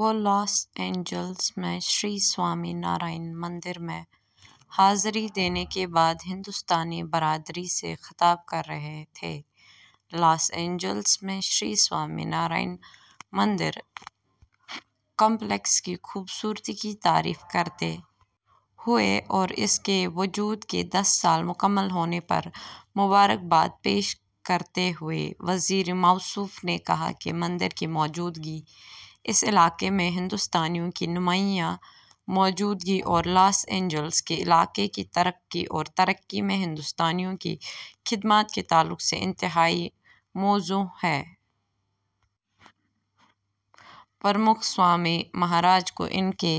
وہ Los Angeles میں Shri Swaminarayan مندر میں حاضری دینے کے بعد ہندوستانی برادری سے خطاب کر رہے تھے۔ لاس اینجلس میں شری سوامی نارائن مندر کمپلیکس کی خوبصورتی کی تعریف کرتے ہوئے اور اس کے وجود کے دس سال مکمل ہونے پر مبارکباد پیش کرتے ہوئے وزیر موصوف نے کہا کہ مندر کی موجودگی اس علاقے میں ہندوستانیوں کی نمایاں موجودگی اور لاس اینجلس کے علاقے کی ترقی اور ترقی میں ہندوستانیوں کی خدمات کے تعلق سے انتہائی موزوں ہے۔ پرمکھ سوامی مہاراج کو ان کے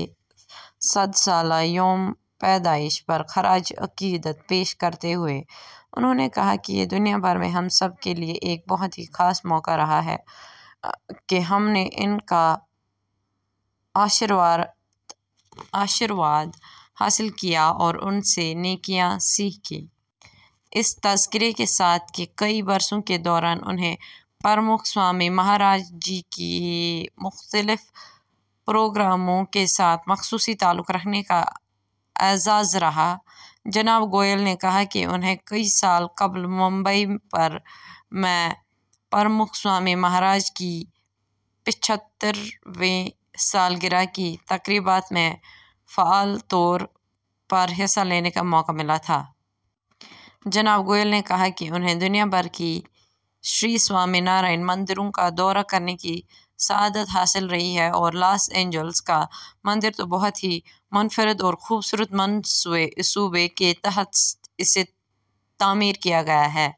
صد سالہ یوم پیدائش پر خراج عقیدت پیش کرتے ہوئے انہوں نے کہا کہ یہ دنیا بھر میں ہم سب کے لیے ایک بہت ہی خاص موقع رہا کہ ہم نے ان کا آشیرواد حاصل کیا اور ان سے نیکیاں سیکھیں۔ اس تذکرے کے ساتھ کہ کئی برسوں کے دوران انہیں پرمکھ سوامی مہاراج جی کے مختلف پروگراموں کے ساتھ خصوصی تعلق رکھنے کا اعزاز رہا، جناب گوئل نے کہا کہ انہیں کئی سال قبل ممبئی میں پرمکھ سوامی مہاراج کی پچھترویں سالگرہ کی تقریبات میں فعال طور پر حصہ لینے کا موقع ملا تھا۔ جناب گوئل نے کہا کہ انہیں دنیا بھر کے شری سوامی نارائن مندروں کا دورہ کرنے کی سعادت حاصل رہی ہے اور لاس اینجلس کا مندر تو بہت ہی منفرد اور خوبصورت منصوبے کے تحت اسے تعمیر کیا گیا ہے۔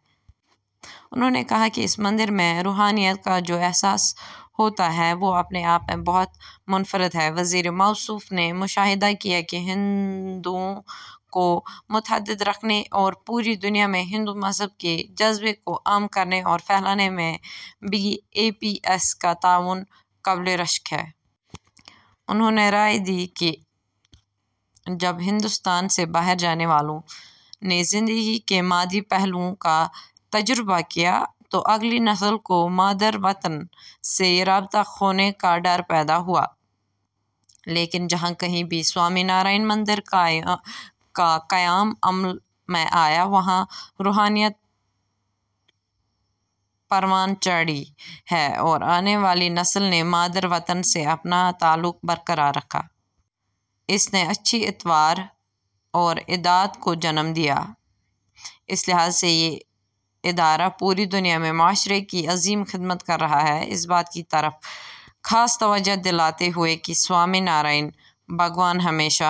انہوں نے کہا کہ اس مندر میں روحانیت کا جو احساس ہوتا ہے، وہ اپنے آپ میں بہت منفرد ہے۔ وزیر موصوف نے مشاہدہ کیا کہ ہندوؤں کو متحد رکھنے اور پوری دنیا میں ہندو مذہب کے جذبے کو عام کرنے اور پھیلانے میں بی اے پی ایس کا تعاون قابلِ رشک ہے۔ انہوں نے رائے دی کہ جب ہندوستان سے باہر جانے والوں نے زندگی کے مادی پہلوؤں کا تجربہ کیا، تو اگلی نسل کو مادر وطن سے رابطہ کھونے کا ڈر پیدا ہوا، لیکن جہاں کہیں بھی سوامی نارائن مندر کا قیام عمل میں آیا، وہاں روحانیت پروان چڑھی ہے اور آنے والی نسل نے مادر وطن سے اپنا تعلق برقرار رکھا۔ اس نے اچھی اطوار اور عادات کو جنم دیا۔ اس لحاظ سے یہ ادارہ پوری دنیا میں معاشرے کی عظیم خدمت کر رہا ہے۔ اس بات کی طرف خاص توجہ دلاتے ہوئے کہ سوامی نارائن بھگوان ہمیشہ